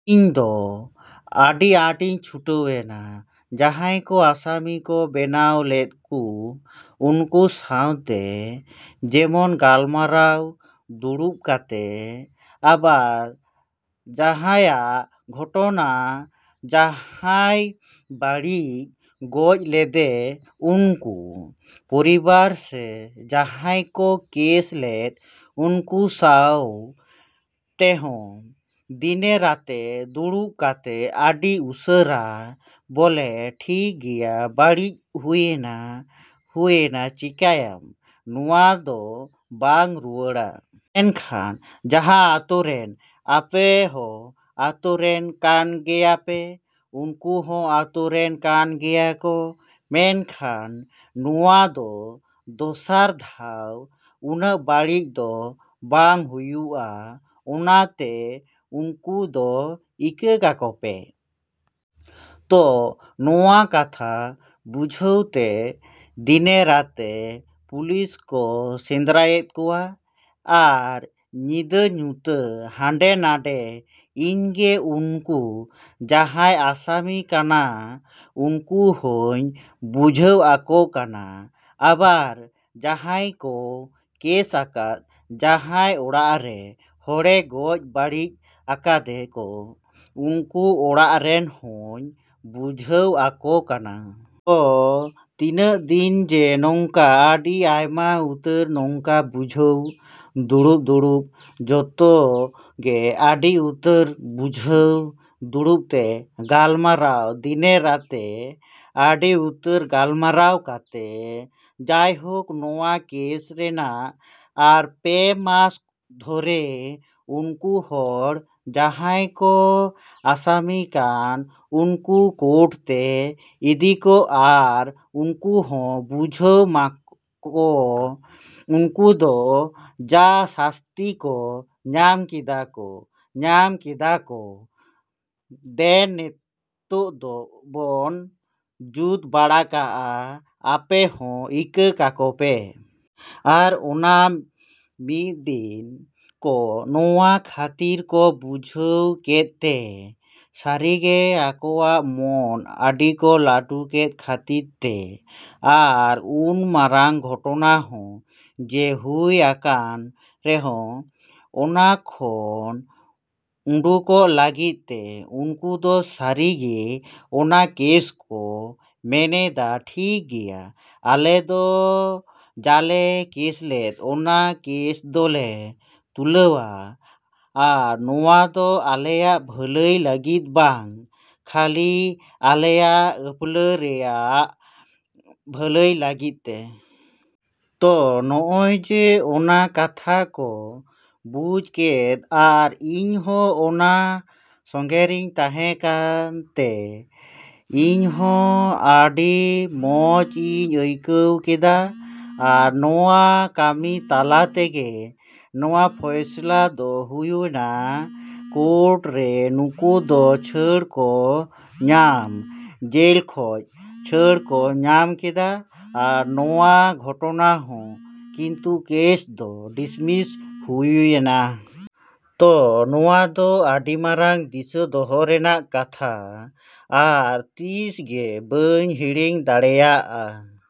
ᱤᱧ ᱫᱚ ᱟᱹᱰᱤ ᱟᱴ ᱤᱧ ᱪᱷᱩᱴᱟᱹᱣ ᱮᱱᱟ᱾ ᱡᱟᱦᱟᱭ ᱠᱚ ᱟᱥᱟᱢᱤ ᱠᱚ ᱵᱮᱱᱟᱣ ᱞᱮᱫᱠᱩ ᱩᱱᱠᱩ ᱥᱟᱶᱛᱮ ᱡᱮᱢᱚᱱ ᱜᱟᱞᱢᱟᱨᱟᱣ ᱫᱩᱲᱩᱵ ᱠᱟᱛᱮ, ᱟᱵᱟᱨ ᱡᱟᱸᱦᱟᱭᱟᱜ ᱜᱷᱚᱴᱚᱱᱟ ᱡᱟᱸᱦᱟᱭ ᱵᱟᱹᱲᱤᱡ ᱜᱚᱡ ᱞᱮᱫᱮ ᱩᱱᱠᱩ ᱯᱚᱨᱤᱵᱟᱨ ᱥᱮ ᱡᱟᱸᱦᱟᱭ ᱠᱚ ᱠᱮᱥ ᱞᱮᱫ, ᱩᱱᱠᱩ ᱥᱟᱶ ᱴᱮᱦᱚᱸ ᱫᱤᱱᱮ ᱨᱟᱛᱮ ᱫᱩᱲᱩᱵ ᱠᱟᱛᱮ ᱟᱹᱰᱤ ᱩᱥᱟᱹᱨᱟ ᱵᱚᱞᱮ ᱴᱷᱤᱠ ᱜᱮᱭᱟ ᱵᱟᱹᱲᱤᱡ ᱦᱩᱭᱮᱱᱟ ᱦᱩᱭᱮᱱᱟ ᱪᱮᱠᱟᱭᱟᱢ ᱱᱚᱣᱟ ᱫᱚ ᱵᱟᱝ ᱨᱩᱭᱟᱹᱲᱟ ᱾ ᱢᱮᱱᱠᱷᱟᱱ ᱡᱟᱦᱟᱸ ᱟᱛᱳᱨᱮᱱ ᱟᱯᱮ ᱦᱚᱸ ᱟᱛᱳ ᱨᱮᱱ ᱠᱟᱱᱜᱮᱭᱟ ᱯᱮ ᱱᱩᱠᱩ ᱦᱚᱸ ᱟᱛᱳ ᱨᱮᱱ ᱠᱟᱱ ᱜᱮᱭᱟ ᱠᱚ ᱢᱮᱱᱠᱷᱟᱱ ᱱᱚᱶᱟ ᱫᱚ ᱫᱚᱥᱟᱨ ᱫᱷᱟᱣ ᱱᱩᱱᱟᱹᱜ ᱵᱟᱹᱲᱤᱡ ᱫᱚ ᱵᱟᱝ ᱦᱩᱭᱩᱜᱼᱟ, ᱚᱱᱟ ᱛᱮ ᱱᱩᱠᱩ ᱫᱚ ᱤᱠᱟᱹ ᱠᱟᱠᱚ ᱯᱮ᱾ ᱛᱚ ᱱᱚᱶᱟ ᱠᱟᱛᱷᱟ ᱵᱩᱡᱷᱟᱹᱣ ᱛᱮ ᱫᱤᱱᱮ ᱨᱟᱛᱮ ᱯᱩᱞᱤᱥ ᱠᱚ ᱥᱮᱸᱫᱽᱨᱟᱭᱮᱫ ᱠᱚᱣᱟ ᱟᱨ ᱧᱤᱫᱟᱹ ᱧᱩᱛᱟᱹ ᱦᱟᱰᱮ ᱱᱚᱰᱮ ᱤᱧ ᱜᱮ ᱩᱱᱠᱩ ᱡᱟᱦᱟᱸᱭ ᱟᱥᱟᱢᱤ ᱠᱟᱱᱟ ᱩᱱᱠᱩ ᱦᱚᱸᱧ ᱵᱩᱡᱷᱟᱹᱣ ᱟᱠᱚ ᱠᱟᱱᱟ, ᱟᱵᱟᱨ ᱡᱟᱦᱟᱸᱭ ᱠᱚ ᱠᱮᱥ ᱟᱠᱟᱫ ᱡᱟᱦᱟᱸᱭ ᱚᱲᱟᱜ ᱨᱮ ᱦᱚᱲᱮ ᱜᱚᱡᱽ ᱵᱟᱹᱲᱤᱡ ᱟᱠᱟᱫᱮ ᱠᱚ ᱩᱱᱠᱩ ᱚᱲᱟᱜ ᱨᱮᱱ ᱦᱚᱸᱧ ᱵᱩᱡᱷᱟᱹᱣ ᱟᱹᱠᱚ ᱠᱟᱱᱟ᱾ ᱛᱚ ᱛᱤᱱᱟᱹᱜ ᱫᱤᱱ ᱡᱮ ᱱᱚᱱᱠᱟ ᱟᱹᱰᱤ ᱟᱭᱢᱟ ᱩᱛᱟᱹᱨ ᱱᱚᱠᱟ ᱵᱩᱡᱷᱟᱹᱣ ᱫᱩᱲᱩᱵ ᱫᱩᱲᱩᱵ ᱡᱚᱛᱚ ᱜᱮ ᱟᱹᱰᱤ ᱩᱛᱟᱹᱨ ᱵᱩᱡᱷᱟᱹᱣ ᱫᱩᱲᱩᱵᱛᱮ ᱜᱟᱞᱢᱟᱨᱟᱣ ᱫᱤᱱᱮ ᱨᱟᱛᱮ ᱟᱹᱰᱤ ᱩᱛᱟᱹᱨ ᱜᱟᱞᱢᱟᱨᱟᱣ ᱠᱟᱛᱮ ᱡᱟᱭᱦᱳᱠ ᱱᱚᱶᱟ ᱠᱮᱥ ᱨᱮᱱᱟᱜ ᱟᱨ ᱯᱮ ᱢᱟᱥ ᱫᱷᱚᱨᱮ ᱩᱱᱠᱩ ᱦᱚᱲ ᱡᱟᱦᱟᱸᱭ ᱠᱚ ᱟᱥᱟᱢᱤ ᱠᱟᱱ ᱩᱱᱠᱩ ᱠᱳᱴ ᱛᱮ ᱤᱫᱤ ᱠᱚ ᱟᱨ ᱱᱩᱠᱩ ᱦᱚᱸ ᱵᱩᱡᱷᱟᱹᱣ ᱠᱚ ᱢᱟ ᱩᱱᱠᱩ ᱫᱚ ᱡᱟ ᱥᱟᱹᱥᱛᱤ ᱠᱚ ᱧᱟᱢ ᱠᱮᱫᱟ ᱠᱚ ᱧᱟᱢ ᱠᱮᱫᱟ ᱠᱚ ᱫᱮᱱ ᱱᱤᱛᱚᱜ ᱵᱚᱱ ᱡᱩᱛ ᱵᱟᱲᱟ ᱠᱟᱜᱼᱟ ᱟᱯᱮ ᱦᱚᱸ ᱤᱠᱟᱹ ᱠᱟᱠᱚ ᱯᱮ᱾ ᱟᱨ ᱚᱱᱟ ᱢᱤᱫ ᱫᱤᱱ ᱠᱚ ᱱᱚᱶᱟ ᱠᱟᱛᱷᱟ ᱠᱚ ᱵᱩᱡᱷᱟᱹᱣ ᱠᱮᱫ ᱛᱮ ᱥᱟᱹᱨᱤ ᱜᱮ ᱟᱠᱚᱣᱟᱜ ᱢᱚᱱ ᱟᱹᱰᱤᱠᱚ ᱞᱟᱹᱴᱩ ᱠᱮᱫ ᱠᱷᱟᱹᱛᱤᱨ ᱛᱮ ᱟᱨ ᱩᱱ ᱢᱟᱨᱟᱝ ᱜᱷᱚᱴᱚᱱᱟ ᱦᱚᱸ ᱡᱮ ᱦᱩᱭ ᱟᱠᱟᱱ ᱨᱮᱦᱚᱸ ᱚᱱᱟ ᱠᱷᱚᱡ ᱩᱰᱩᱠᱚᱜ ᱞᱟᱹᱜᱤᱫ ᱛᱮ ᱩᱱᱠᱩᱫᱚ ᱥᱟᱹᱨᱤᱜᱤ ᱚᱱᱟ ᱠᱮᱥ ᱠᱚ ᱢᱮᱱᱮᱫᱟ ᱴᱷᱤᱠ ᱜᱮᱭᱟ ᱟᱞᱮ ᱫᱚ ᱡᱟᱞᱮ ᱠᱮᱥᱞᱮᱫ ᱚᱱᱟ ᱠᱮᱥ ᱫᱚᱞᱮ ᱛᱩᱞᱟᱹᱣᱟ ᱟᱨ ᱱᱚᱶᱟ ᱫᱚ ᱟᱞᱮᱭᱟᱜ ᱵᱷᱟᱹᱞᱟᱹᱭ ᱞᱟᱹᱜᱤᱫ ᱵᱟᱝ ᱠᱷᱟᱹᱞᱤ ᱟᱞᱮᱭᱟᱜ ᱟᱯᱷᱟᱞᱟ ᱨᱮᱱᱟᱜ ᱵᱷᱟᱹᱞᱟᱹᱭ ᱞᱟᱹᱜᱤᱫ ᱛᱮ᱾ ᱛᱚ ᱱᱚᱜᱚᱭ ᱡᱮ ᱚᱱᱟ ᱠᱟᱛᱷᱟ ᱠᱚ ᱵᱩᱡ ᱠᱮᱫ ᱟᱨ ᱤᱧ ᱦᱚᱸ ᱚᱱᱟ ᱥᱚᱸᱜᱮᱨᱤᱧ ᱛᱟᱦᱮᱸ ᱠᱟᱱᱛᱮ ᱤᱧ ᱦᱚᱸ ᱟᱹᱰᱤ ᱢᱚᱸᱡᱽ ᱤᱧ ᱟᱹᱭᱠᱟᱹᱣ ᱠᱮᱫᱟ᱾ ᱟᱨ ᱱᱚᱶᱟ ᱠᱟᱹᱢᱤ ᱛᱟᱞᱟ ᱛᱮᱜᱮ ᱱᱚᱶᱟ ᱯᱷᱚᱭᱥᱚᱞᱟ ᱫᱚ ᱦᱩᱭᱮᱱᱟ᱾ ᱠᱳᱴ ᱨᱮ ᱩᱱᱠᱩ ᱫᱚ ᱪᱷᱟᱹᱲ ᱠᱚ ᱧᱟᱢ ᱡᱮᱞ ᱠᱷᱚᱡ ᱪᱷᱟᱹᱲ ᱠᱚ ᱧᱟᱢ ᱠᱮᱫᱟ ᱟᱨ ᱱᱚᱣᱟ ᱜᱷᱚᱴᱚᱱᱟ ᱦᱚᱸ ᱠᱤᱱᱛᱩ ᱠᱮᱥ ᱫᱚ ᱰᱤᱥᱢᱤᱥ ᱦᱩᱭᱮᱱᱟ᱾ ᱛᱚ ᱱᱚᱣᱟ ᱫᱚ ᱟᱹᱰᱤ ᱢᱟᱨᱟᱝ ᱫᱤᱥᱟᱹ ᱫᱚᱦᱚ ᱨᱮᱱᱟᱜ ᱠᱟᱛᱷᱟ ᱟᱨ ᱛᱤᱥ ᱜᱮ ᱵᱟᱹᱧ ᱦᱤᱲᱤᱧ ᱫᱟᱲᱮᱭᱟᱜᱼᱟ।